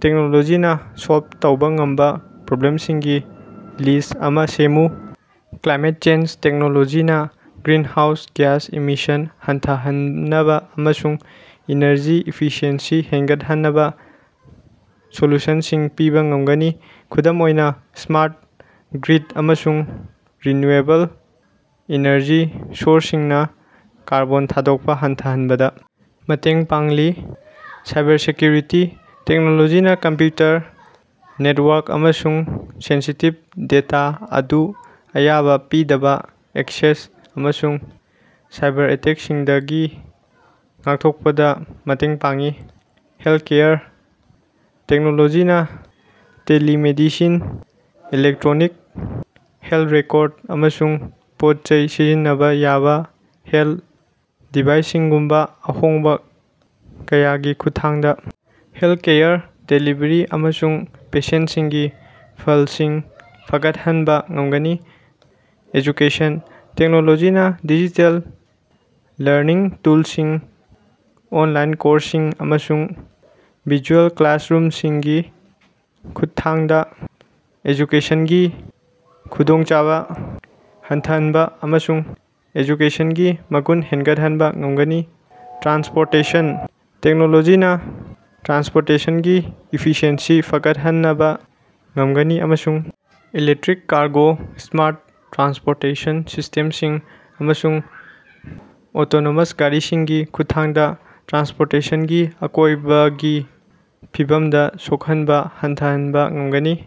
ꯇꯦꯛꯅꯣꯂꯣꯖꯤꯅ ꯁꯣꯜꯕ ꯇꯧꯕ ꯉꯝꯕ ꯄ꯭ꯔꯣꯕ꯭ꯂꯦꯝꯁꯤꯡꯒꯤ ꯂꯤꯁ꯭ꯠ ꯑꯃ ꯁꯦꯝꯃꯨ꯫ ꯀ꯭ꯂꯥꯏꯃꯦꯠ ꯆꯦꯟꯖ: ꯇꯦꯛꯅꯣꯂꯣꯖꯤꯅ ꯒ꯭ꯔꯤꯟꯍꯥꯎꯁ ꯒ꯭ꯌꯥꯁ ꯏꯃꯤꯁꯟ ꯍꯟꯊꯍꯟꯅꯕ ꯑꯃꯁꯨꯡ ꯏꯅꯔꯖꯤ ꯏꯐꯤꯁꯤꯑꯦꯟꯁꯤ ꯍꯦꯟꯒꯠꯍꯟꯅꯕ ꯁꯣꯂꯨꯁꯟꯁꯤꯡ ꯄꯤꯕ ꯉꯝꯒꯅꯤ꯫ ꯈꯨꯗꯝ ꯑꯣꯏꯅ, ꯁ꯭ꯃꯥꯔꯠ ꯒ꯭ꯔꯤꯗ ꯑꯃꯁꯨꯡ ꯔꯤꯅ꯭ꯌꯨꯑꯦꯕꯜ ꯏꯅꯔꯖꯤ ꯁꯣꯔꯁꯁꯤꯡꯅ ꯀꯥꯔꯕꯣꯟ ꯊꯥꯗꯣꯛꯄ ꯍꯟꯊꯍꯟꯕꯗ ꯃꯇꯦꯡ ꯄꯥꯡꯂꯤ꯫ ꯁꯥꯏꯕꯔꯁꯦꯀ꯭ꯌꯨꯔꯤꯇꯤ: ꯇꯦꯛꯅꯣꯂꯣꯖꯤꯅ ꯀꯝꯄ꯭ꯌꯨꯇꯔ, ꯅꯦꯠꯋꯥꯔꯛ, ꯑꯃꯁꯨꯡ ꯁꯦꯟꯁꯤꯇꯤꯚ ꯗꯦꯇꯥ ꯑꯗꯨ ꯑꯌꯥꯕ ꯄꯤꯗꯕ ꯑꯦꯛꯁꯦꯁ ꯑꯃꯁꯨꯡ ꯁꯥꯏꯕꯔꯑꯦꯇꯦꯛꯁꯤꯡꯗꯒꯤ ꯉꯥꯛꯊꯣꯛꯄꯗ ꯃꯇꯦꯡ ꯄꯥꯡꯏ꯫ ꯍꯦꯜꯊꯀꯦꯌꯔ: ꯇꯦꯛꯅꯣꯂꯣꯖꯤꯅ ꯇꯦꯂꯤꯃꯦꯗꯤꯁꯤꯟ, ꯏꯂꯦꯛꯇ꯭ꯔꯣꯅꯤꯛ ꯍꯦꯜꯊ ꯔꯦꯀꯣꯔꯗ, ꯑꯃꯁꯨꯡ ꯄꯣꯠꯆꯩ ꯁꯤꯖꯤꯟꯅꯕ ꯌꯥꯕ ꯍꯦꯜꯊ ꯗꯤꯚꯥꯏꯁꯁꯤꯡꯒꯨꯝꯕ ꯑꯍꯣꯡꯕ ꯀꯌꯥꯒꯤ ꯈꯨꯠꯊꯥꯡꯗ ꯍꯦꯜꯊꯀꯦꯌꯔ ꯗꯦꯂꯤꯕꯔꯤ ꯑꯃꯁꯨꯡ ꯄꯦꯁꯦꯟꯠꯁꯤꯡꯒꯤ ꯐꯜꯁꯤꯡ ꯐꯒꯠꯍꯟꯕ ꯉꯝꯒꯅꯤ꯫ ꯑꯦꯖꯨꯀꯦꯁꯟ: ꯇꯦꯛꯅꯣꯂꯣꯖꯤꯅ ꯗꯤꯖꯤꯇꯦꯜ ꯂꯔꯅꯤꯡ ꯇꯨꯜꯁꯤꯡ, ꯑꯣꯟꯂꯥꯏꯟ ꯀꯣꯔꯁꯁꯤꯡ, ꯑꯃꯁꯨꯡ ꯚꯔꯆꯨꯑꯦꯜ ꯀ꯭ꯂꯥꯁꯔꯨꯝꯁꯤꯡꯒꯤ ꯈꯨꯠꯊꯥꯡꯗ ꯑꯦꯖꯨꯀꯦꯁꯟꯒꯤ ꯈꯨꯗꯣꯡꯆꯥꯕ ꯍꯦꯟꯒꯠꯍꯟꯕ ꯑꯃꯁꯨꯡ ꯑꯦꯖꯨꯀꯦꯁꯟꯒꯤ ꯃꯒꯨꯟ ꯍꯦꯟꯒꯠꯍꯟꯕꯥ ꯉꯝꯒꯅꯤ꯫ ꯇ꯭ꯔꯥꯟꯁꯄꯣꯔꯇꯦꯁꯟ: ꯇꯦꯛꯅꯣꯂꯣꯖꯤꯅꯥ ꯇ꯭ꯔꯥꯟꯁꯄꯣꯔꯇꯦꯁꯅꯒꯤ ꯏꯐꯤꯁꯤꯑꯦꯟꯁꯤ ꯐꯒꯠꯍꯟꯕꯥ ꯉꯝꯒꯅꯤ ꯑꯃꯁꯨꯡ ꯏꯂꯦꯛꯇꯔꯤꯛ ꯀꯥꯔꯒꯣ, ꯁ꯭ꯃꯥꯔꯠ ꯇ꯭ꯔꯥꯟꯁꯄꯣꯔꯇꯦꯁꯟ ꯁꯤꯁ꯭ꯇꯦꯃꯁꯤꯡ, ꯑꯃꯁꯨꯡ ꯑꯣꯇꯣꯅꯣꯃꯁ ꯒꯥꯔꯤꯁꯤꯡꯒꯤ ꯈꯨꯠꯊꯥꯡꯗ ꯇ꯭ꯔꯥꯟꯁꯄꯣꯔꯇꯦꯁꯟꯒꯤ ꯑꯀꯣꯏꯕꯒꯤ ꯐꯤꯕꯝꯗ ꯁꯣꯛꯍꯟꯕ ꯍꯟꯊꯍꯟꯕ ꯉꯝꯒꯅꯤ꯫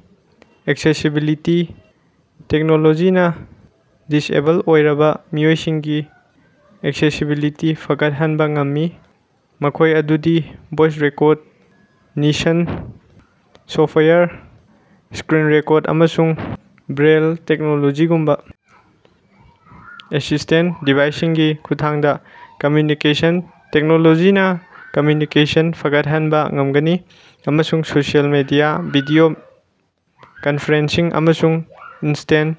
ꯑꯦꯛꯁꯦꯁꯤꯕꯤꯂꯤꯇꯤ: ꯇꯦꯛꯅꯣꯂꯣꯖꯤꯅ ꯗꯤꯁꯑꯦꯕꯜ ꯑꯣꯏꯔꯕ ꯃꯤꯑꯣꯏꯁꯤꯡꯒꯤ ꯑꯦꯛꯁꯦꯁꯤꯕꯤꯂꯤꯇꯤ ꯐꯒꯠꯍꯟꯕ ꯉꯝꯃꯤ, ꯃꯈꯣꯏ ꯑꯗꯨꯗꯤ voice recognition software, screen record, ꯑꯃꯁꯨꯡ ꯕ꯭ꯔꯦꯏꯜ ꯇꯦꯛꯅꯣꯂꯣꯖꯤꯒꯨꯝꯕ ꯑꯦꯁꯤꯁ꯭ꯇꯦꯟꯠ ꯗꯤꯚꯥꯏꯁꯁꯤꯡꯒꯤ ꯈꯨꯠꯊꯥꯡꯗ꯫ ꯀꯝꯃ꯭ꯌꯨꯅꯤꯀꯦꯁꯟ: ꯇꯦꯛꯅꯣꯂꯣꯖꯤꯅ ꯀꯝꯃ꯭ꯌꯨꯅꯤꯀꯦꯁꯟ ꯐꯒꯠꯍꯟꯕ ꯉꯝꯒꯅꯤ ꯑꯃꯁꯨꯡ ꯁꯣꯁꯤꯌꯦꯜ ꯃꯤꯗꯤꯌꯥ, ꯚꯤꯗꯤꯑꯣ ꯀꯟꯐ꯭ꯔꯦꯟꯁꯤꯡ, ꯑꯃꯁꯨꯡ ꯏꯟꯁꯇꯦꯟꯠ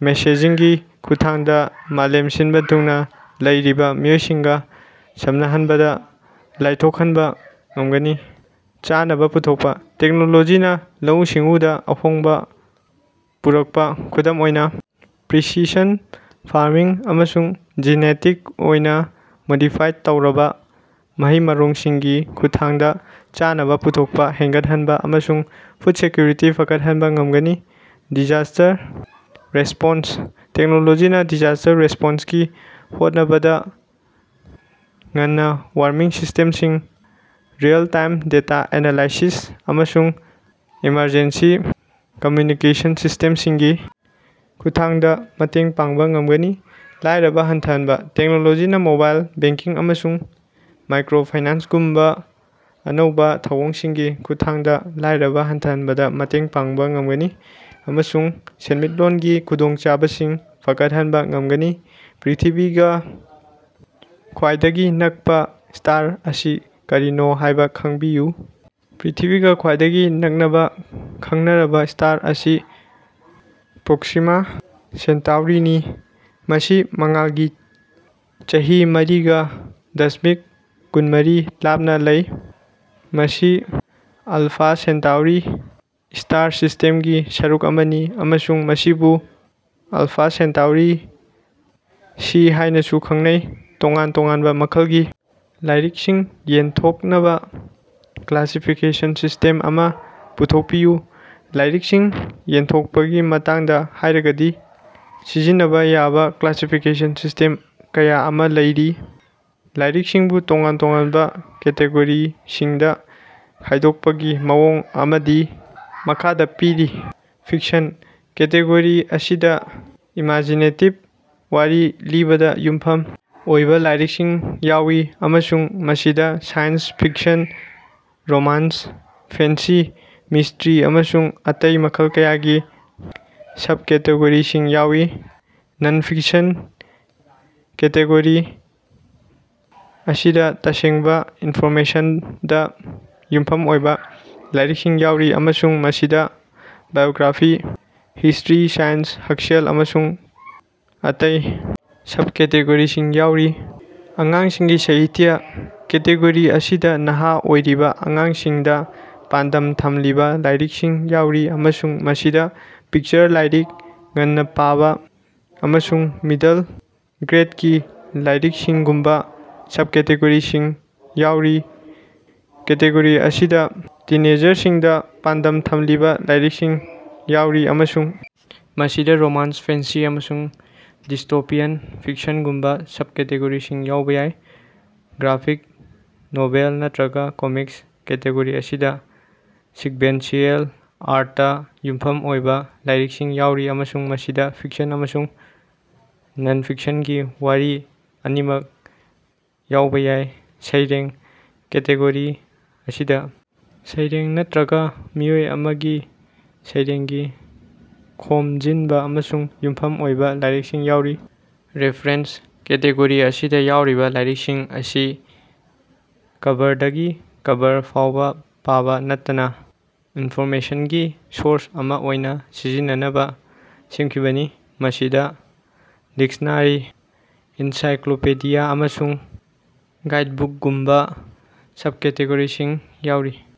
ꯃꯦꯁꯦꯖꯤꯡꯒꯤ ꯈꯨꯠꯊꯥꯡꯗ ꯃꯥꯂꯦꯝ ꯁꯤꯟꯕ ꯊꯨꯡꯅ ꯂꯩꯔꯤꯕ ꯃꯤꯑꯣꯏꯁꯤꯡꯒ ꯁꯝꯅꯍꯟꯕꯗ ꯂꯥꯏꯊꯣꯛꯍꯟꯕ ꯉꯝꯒꯅꯤ꯫ ꯆꯥꯅꯕ ꯄꯨꯊꯣꯛꯄ: ꯇꯦꯛꯅꯣꯂꯣꯖꯤꯅ ꯂꯧꯎ-ꯁꯤꯡꯎꯗ ꯑꯍꯣꯡꯕ ꯄꯨꯔꯛꯄ, ꯈꯨꯗꯝ ꯑꯣꯏꯅ ꯄ꯭ꯔꯤꯁꯤꯁꯟ ꯐꯥꯔꯃꯤꯡ ꯑꯃꯁꯨꯡ ꯖꯤꯅꯦꯇꯤꯛ ꯑꯣꯏꯅ ꯃꯣꯗꯤꯐꯥꯏꯗ ꯇꯧꯔꯕ ꯃꯍꯩ-ꯃꯔꯣꯡꯁꯤꯡꯒꯤ ꯈꯨꯠꯊꯥꯡꯗ ꯆꯥꯅꯕ ꯄꯨꯊꯣꯛꯄ ꯍꯦꯟꯒꯠꯍꯟꯕ ꯑꯃꯁꯨꯡ ꯐꯨꯗ ꯁꯦꯀ꯭ꯌꯨꯔꯤꯇꯤ ꯐꯒꯠꯍꯟꯕ ꯉꯝꯒꯅꯤ꯫ ꯗꯤꯖꯥꯁ꯭ꯇꯔ ꯔꯦꯁ꯭ꯄꯣꯟꯁ: ꯇꯦꯛꯅꯣꯂꯣꯖꯤꯅ ꯗꯤꯖꯥꯁ꯭ꯇꯔ ꯔꯦꯁ꯭ꯄꯣꯟꯁꯀꯤ ꯍꯣꯠꯅꯕꯗꯥ ꯉꯟꯅꯥ ꯋꯥꯔꯅꯤꯡ ꯁꯤꯁ꯭ꯇꯦꯃꯁꯤꯡ, ꯔꯤꯑꯦꯜ-ꯇꯥꯏꯝ ꯗꯦꯇꯥ ꯑꯦꯅꯥꯂꯥꯏꯁꯤꯁ, ꯑꯃꯁꯨꯡ ꯑꯦꯃꯔꯖꯦꯟꯁꯤ ꯀꯝꯃ꯭ꯌꯨꯅꯤꯀꯦꯁꯟ ꯁꯤꯁ꯭ꯇꯦꯝꯁꯤꯡꯒꯤ ꯈꯨꯠꯊꯥꯡꯗ ꯃꯇꯦꯡ ꯄꯥꯡꯕ ꯉꯝꯒꯅꯤ꯫ ꯂꯥꯏꯔꯕ ꯍꯟꯊꯍꯟꯕ: ꯇꯦꯛꯅꯣꯂꯣꯖꯤꯅ ꯃꯣꯕꯥꯏꯜ ꯕꯦꯡꯀꯤꯡ ꯑꯃꯁꯨꯡ ꯃꯥꯏꯀ꯭ꯔꯣ ꯐꯥꯏꯅꯥꯟꯁꯒꯨꯝꯕ ꯑꯅꯧꯕ ꯊꯧꯑꯣꯡꯁꯤꯡꯒꯤ ꯈꯨꯠꯊꯥꯡꯗ ꯂꯥꯏꯔꯕ ꯍꯟꯊꯍꯟꯕꯗ ꯃꯇꯦꯡ ꯄꯥꯡꯕ ꯉꯝꯒꯅꯤ ꯑꯃꯁꯨꯡ ꯁꯦꯟꯃꯤꯠꯂꯣꯟꯒꯤ ꯈꯨꯗꯣꯡꯆꯥꯕꯁꯤꯡ ꯐꯒꯠꯍꯟꯕ ꯉꯝꯒꯅꯤ꯫ ꯄ꯭ꯔꯤꯊꯤꯕꯤꯒ ꯈ꯭ꯋꯥꯏꯗꯒꯤ ꯅꯛꯄ ꯁ꯭ꯇꯥꯔ ꯑꯁꯤ ꯀꯔꯤꯅꯣ ꯍꯥꯏꯕ ꯈꯪꯕꯤꯌꯨ꯫ ꯄ꯭ꯔꯤꯊꯤꯕꯤꯒ ꯈ꯭ꯋꯥꯏꯗꯒꯤ ꯅꯛꯅꯕ ꯈꯪꯅꯔꯕ ꯁ꯭ꯇꯥꯔ ꯑꯁꯤ ꯄ꯭ꯔꯣꯛꯁꯤꯃꯥ ꯁꯦꯟꯇꯥꯎꯔꯤꯅꯤ, ꯃꯁꯤ ꯃꯉꯥꯜꯒꯤ ꯆꯍꯤ ꯃꯔꯤꯒ ꯗꯁꯃꯤꯛ ꯀꯨꯝꯃꯔꯤ ꯂꯥꯞꯅ ꯂꯩ꯫ ꯃꯁꯤ ꯑꯜꯐꯥ ꯁꯦꯟꯇꯥꯎꯔꯤ ꯁ꯭ꯇꯥꯔ ꯁꯤꯁ꯭ꯇꯦꯝꯒꯤ ꯁꯔꯨꯛ ꯑꯃꯅꯤ, ꯑꯃꯁꯨꯡ ꯃꯁꯤꯕꯨ ꯑꯜꯐꯥ ꯁꯦꯟꯇꯥꯎꯔꯤ ꯁꯤ ꯍꯥꯏꯅꯁꯨ ꯈꯪꯅꯩ꯫ ꯇꯣꯉꯥꯟ ꯇꯣꯉꯥꯟꯕ ꯃꯈꯜꯒꯤ ꯂꯥꯏꯔꯤꯛꯁꯤꯡ ꯌꯦꯟꯊꯣꯛꯅꯕ ꯀ꯭ꯂꯥꯁꯤꯐꯤꯀꯦꯁꯟ ꯁꯤꯁ꯭ꯇꯦꯝ ꯑꯃ ꯄꯨꯊꯣꯛꯄꯤꯌꯨ꯫ ꯂꯥꯏꯔꯤꯛꯁꯤꯡ ꯌꯦꯟꯊꯣꯛꯄꯒꯤ ꯃꯇꯥꯡꯗ ꯍꯥꯏꯔꯒꯗꯤ ꯁꯤꯖꯤꯟꯅꯕ ꯌꯥꯕ ꯀ꯭ꯂꯥꯁꯤꯐꯤꯀꯦꯁꯟ ꯁꯤꯁ꯭ꯇꯦꯝ ꯀꯌꯥ ꯑꯃ ꯂꯩꯔꯤ꯫ ꯂꯥꯏꯔꯤꯛꯁꯤꯡꯕꯨ ꯇꯣꯉꯥꯟ ꯇꯣꯉꯥꯟꯕ ꯀꯦꯇꯦꯒꯣꯔꯤꯁꯤꯡꯗ ꯈꯥꯏꯗꯣꯛꯄꯒꯤ ꯃꯑꯣꯡ ꯑꯃꯗꯤ ꯃꯈꯥꯗ ꯄꯤꯔꯤ꯫ ꯐꯤꯛꯁꯟ: ꯀꯦꯇꯦꯒꯣꯔꯤ ꯑꯁꯤꯗ ꯏꯃꯦꯖꯤꯅꯦꯇꯤꯕ ꯋꯥꯔꯤ ꯂꯤꯕꯗ ꯌꯨꯝꯐꯝ ꯑꯣꯏꯕ ꯂꯥꯏꯔꯤꯛꯁꯤꯡ ꯌꯥꯎꯏ ꯑꯃꯁꯨꯡ ꯃꯁꯤꯗ science fiction, romance, fantasy, mystery, ꯑꯃꯁꯨꯡ ꯑꯇꯩ ꯃꯈꯜ ꯀꯌꯥꯒꯤ ꯁꯕꯀꯦꯇꯦꯒꯣꯔꯤꯁꯤꯡ ꯌꯥꯎꯏ꯫ ꯅꯟ-ꯐꯤꯛꯁꯟ: ꯀꯦꯇꯦꯒꯣꯔꯤ ꯑꯁꯤꯗ ꯇꯁꯦꯡꯕ ꯏꯟꯐꯣꯔꯃꯦꯁꯟꯗ ꯌꯨꯝꯐꯝ ꯑꯣꯏꯕ ꯂꯥꯏꯔꯤꯛꯁꯤꯡ ꯌꯥꯎꯔꯤ ꯑꯃꯁꯨꯡ ꯃꯁꯤꯗ ꯕꯥꯏꯑꯣꯒ꯭ꯔꯥꯐꯤ, ꯍꯤꯁ꯭ꯇꯔꯤ, ꯁꯥꯏꯟꯁ, ꯍꯛꯁꯦꯜ, ꯑꯃꯁꯨꯡ ꯑꯇꯩ ꯁꯕꯀꯦꯇꯦꯒꯣꯔꯤꯁꯤꯡ ꯌꯥꯎꯔꯤ꯫ ꯑꯉꯥꯡꯁꯤꯡꯒꯤ ꯁꯥꯍꯤꯇ꯭ꯌ: ꯀꯦꯇꯦꯒꯣꯔꯤ ꯑꯁꯤꯗ ꯅꯍꯥ ꯑꯣꯏꯔꯤꯕ ꯑꯉꯥꯡꯁꯤꯡꯗ ꯄꯥꯟꯗꯝ ꯊꯝꯂꯤꯕ ꯂꯥꯏꯔꯤꯛꯁꯤꯡ ꯌꯥꯎꯔꯤ ꯑꯃꯁꯨꯡ ꯃꯁꯤꯗ ꯄꯤꯛꯆꯔ ꯂꯥꯏꯔꯤꯛ, ꯉꯟꯅ ꯄꯥꯕ, ꯑꯃꯁꯨꯡ ꯃꯤꯗꯜ ꯒ꯭ꯔꯦꯗꯀꯤ ꯂꯥꯏꯔꯤꯛꯁꯤꯡꯒꯨꯝꯕ ꯁꯕꯀꯦꯇꯦꯒꯣꯔꯤꯁꯤꯡ ꯌꯥꯑꯣꯔꯤ꯫ ꯀꯦꯇꯦꯒꯣꯔꯤ ꯑꯁꯤꯗ ꯇꯤꯟꯑꯦꯖꯔꯁꯤꯡꯗ ꯄꯥꯟꯗꯝ ꯊꯝꯂꯤꯕ ꯂꯥꯏꯔꯤꯛꯁꯤꯡ ꯌꯥꯎꯔꯤ ꯑꯃꯁꯨꯡ ꯃꯁꯤꯗ ꯔꯣꯃꯥꯟꯁ, ꯐꯦꯟꯁꯤ, ꯑꯃꯁꯨꯡ ꯗꯤꯁꯇꯣꯄꯤꯌꯥꯟ ꯐꯤꯛꯁꯟꯒꯨꯝꯕ ꯁꯕꯀꯦꯇꯦꯒꯣꯔꯤꯁꯤꯡ ꯌꯥꯎꯕ ꯌꯥꯏ꯫ ꯒ꯭ꯔꯥꯐꯤꯛ ꯅꯣꯚꯦꯜ ꯅꯠꯇ꯭ꯔꯒ ꯀꯣꯃꯤꯛꯁ: ꯀꯦꯇꯦꯒꯣꯔꯤ ꯑꯁꯤꯗ ꯁꯤꯛꯕꯦꯟꯁꯤꯑꯦꯜ ꯑꯥꯔꯠꯇ ꯌꯨꯝꯐꯝ ꯑꯣꯏꯕ ꯂꯥꯏꯔꯤꯛꯁꯤꯡ ꯌꯥꯎꯔꯤ ꯑꯃꯁꯨꯡ ꯃꯁꯤꯗ ꯐꯤꯛꯁꯟ ꯑꯃꯁꯨꯡ ꯅꯟ-ꯐꯤꯛꯁꯟꯒꯤ ꯋꯥꯔꯤ ꯑꯅꯤꯃꯛ ꯌꯥꯎꯕ ꯌꯥꯏ꯫ ꯁꯩꯔꯦꯡ: ꯀꯦꯇꯦꯒꯣꯔꯤ ꯑꯁꯤꯗ ꯁꯩꯔꯦꯡ ꯅꯠꯇ꯭ꯔꯒ ꯃꯤꯑꯣꯏ ꯑꯃꯒꯤ ꯁꯩꯔꯦꯡꯒꯤ ꯈꯣꯝꯖꯤꯟꯕ ꯑꯃꯗ ꯌꯨꯝꯐꯝ ꯑꯣꯏꯕ ꯂꯥꯏꯔꯤꯛꯁꯤꯡ ꯌꯥꯎꯔꯤ꯫ ꯔꯦꯐꯔꯦꯟꯁ: ꯀꯦꯇꯦꯒꯣꯔꯤ ꯑꯁꯤꯗ ꯌꯥꯎꯔꯤꯕ ꯂꯥꯏꯔꯤꯛꯁꯤꯡ ꯑꯁꯤ ꯀꯚꯔꯗꯒꯤ ꯀꯚꯔ ꯐꯥꯎꯕ ꯄꯥꯕ ꯅꯠꯇꯅ, ꯏꯟꯐꯣꯔꯃꯦꯁꯟꯒꯤ ꯁꯣꯔꯁ ꯑꯃ ꯑꯣꯏꯅ ꯁꯤꯖꯤꯟꯅꯅꯕ ꯁꯦꯝꯈꯤꯕꯅꯤ꯫ ꯃꯁꯤꯗ ꯗꯤꯛꯁꯅꯥꯔꯤ, ꯑꯦꯟꯁꯥꯏꯀ꯭ꯂꯣꯄꯤꯗꯤꯌꯥ, ꯑꯃꯁꯨꯡ ꯒꯥꯏꯗꯕꯨꯛꯒꯨꯝꯕ ꯁꯕꯀꯦꯇꯦꯒꯣꯔꯤꯁꯤꯡ ꯌꯥꯎꯔꯤ꯫